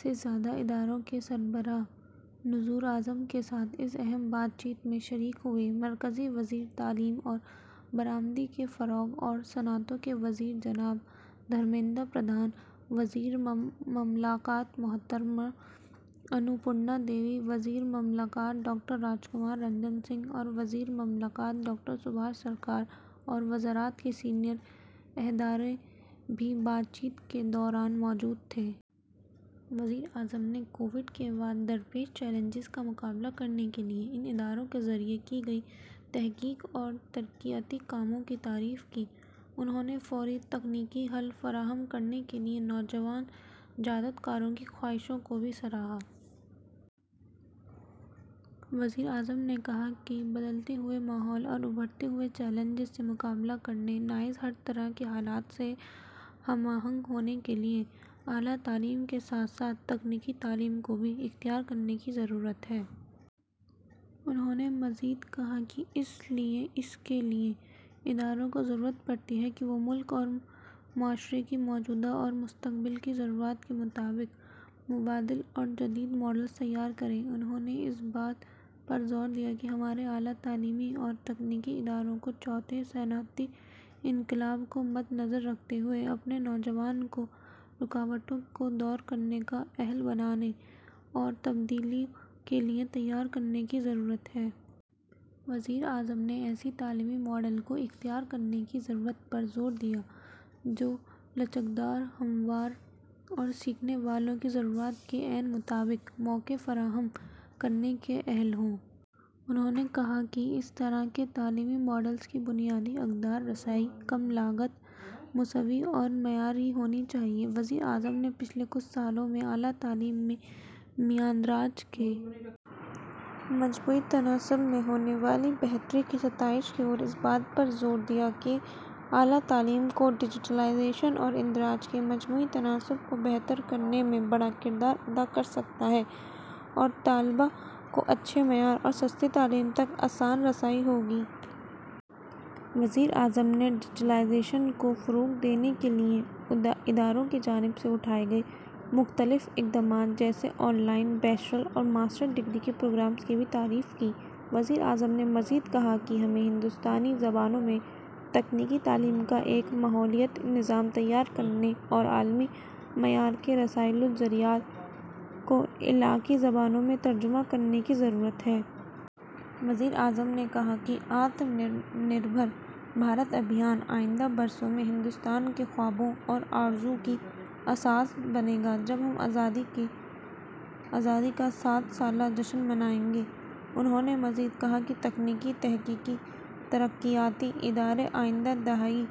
سے زیادہ اداروں کے سربراہانوزیر اعظم کے ساتھ اس اہم بات چیت میں شریک ہوئے۔ مرکزی وزیر تعلیم اور ہرمندی کے فروغ اور صنعتوں کے وزیر جناب دھرمیندر پردھان ، وزیر مملکت محترمہ انپورنا دیوی، وزیرمملکت ڈاکٹر راج کمار رنجن سنگھ اور وزیر مملکت ڈاکٹر سبھاش سرکار اور وزارت کے سینئر عہدیداران بھی بات چیت کے دوران موجود تھے۔ وزیر اعظم نے کووڈ کے بعد درپیش چیلنجوں کا مقابلہ کرنے کے لئے ان اداروں کے ذریعہکی گئی تحقیق اور ترقیاتی کاموں کی تعریف کی۔ انہوں نے فوری تکنیکی حل فراہم کرنے کے لئے نوجوان جدت کاروں کی کاوشوں کو بھی سراہا۔ وزیر اعظم نے کہا کہ بدلتے ہوئے ماحول اور ابھرتے ہوئے چیلنجوں سے مقابلہ کرنے نیز ہر طرح کے حالات سے ہم آہنگ ہونے کے لئے اعلی تعلیمکے ساتھ ساتھ تکنیکی تعلیم کوبھی اختیار کرنے کی ضرورت ہے۔ انہوں نے مزید کہا کہ اس کے لئے اداروں کو ضرورت پڑتی ہے کہ وہ ملک اور معاشرے کی موجودہ اور مستقبل کی ضروریات کے مطابق متبادل اور جدید ماڈلز تیار کریں۔ انہوں نے اس بات پر زور دیا کہ ہمارے اعلی تعلیمی اور تکنیکی اداروں کو چوتھے صنعتی انقلاب کو مدنظر رکھتے ہوئے اپنے نوجوانوں کورکاوٹوں کو دور کرنے کا اہل بنانےاور تبدیلیوں کے لئے تیار کرنے کی ضرورت ہے۔ وزیر اعظم نے ایسے تعلیمی ماڈل کو اختیار کرنے کی ضرورت پر زور دیا جو لچکدار ، ہموار ، اور سیکھنے والوں کی ضروریات کے عین مطابق مواقع فراہم کرنے کے اہل ہوں۔ انہوں نے کہا کہ اس طرح کے تعلیمی ماڈلز کی بنیادی اقدار رسائی ، کم لاگت ، مساوی اور معیاری ہونی چاہئے۔ وزیر اعظم نے پچھلے کچھ سالوں میں اعلی تعلیم میںاندراج کے مجموعی تناسب میں ہونے والی بہتریکی ستائش کی اور اس بات پر زور دیا کہ اعلی تعلیم کو ڈیجیٹلائزیشن اوراندراج کے مجموعی تناسب کو بہتر کرنے میں بڑا کردار ادا کرسکتاہے اور طلباء کو اچھے معیار اور سستی تعلیم تک آسان رسائی ہوگی۔ وزیر اعظم نے ڈیجیٹلائزیشنکو فروغ دینے کے لئے اداروں کی جانب سے اٹھائے گئے مختلف اقدامات جیسے آن لائن بیچلر اور ماسٹر ڈگری کے پروگراموں کی بھی تعریف کی۔ وزیر اعظم نے مزید کہا کہ ہمیں ہندوستانی زبانوں میں تکنیکی تعلیم کا ایک ماحولیاتی نظام تیار کرنے اور عالمی معیار کے رسائل و جرائد کو علاقائی زبانوں میں ترجمہ کرنے کی ضرورت ہے۔ وزیر اعظم نے کہا کہ 'آتم نربھر بھارت ابھیان'آئندہ برسوں میں ہندوستان کے خوابوں اور آرزوؤں کی اساس بنے گا جب ہم آزادی کا صد سالہ جشن منائیں گے۔ انہوں نے مزید کہا کہ تکنیکی ، تحقیقی وترقیاتی ادارے آئندہ دہائی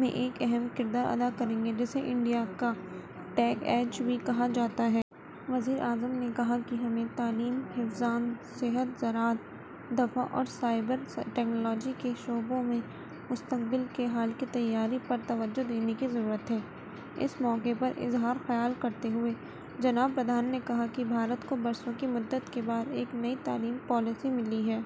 میں ایک اہم کردار ادا کریں گے ، جسے ''انڈیا کا ٹیک ایڈ'' بھی کہا جاتا ہے۔ وزیر اعظم نے کہا کہ ہمیں تعلیم ، حفظان صحت ، زراعت ، دفاع ، اور سائبر ٹیکنالوجی کے شعبوں میں مستقبل کے حل کی تیاری پر توجہ دینے کی ضرورت ہے۔ اس موقع پر اظہار خیال کرتے ہوئے جناب پردھان نے کہا کہ بھارت کو برسوں کی مدت کے بعد ایک نئی تعلیمی پالیسی ملی ہے۔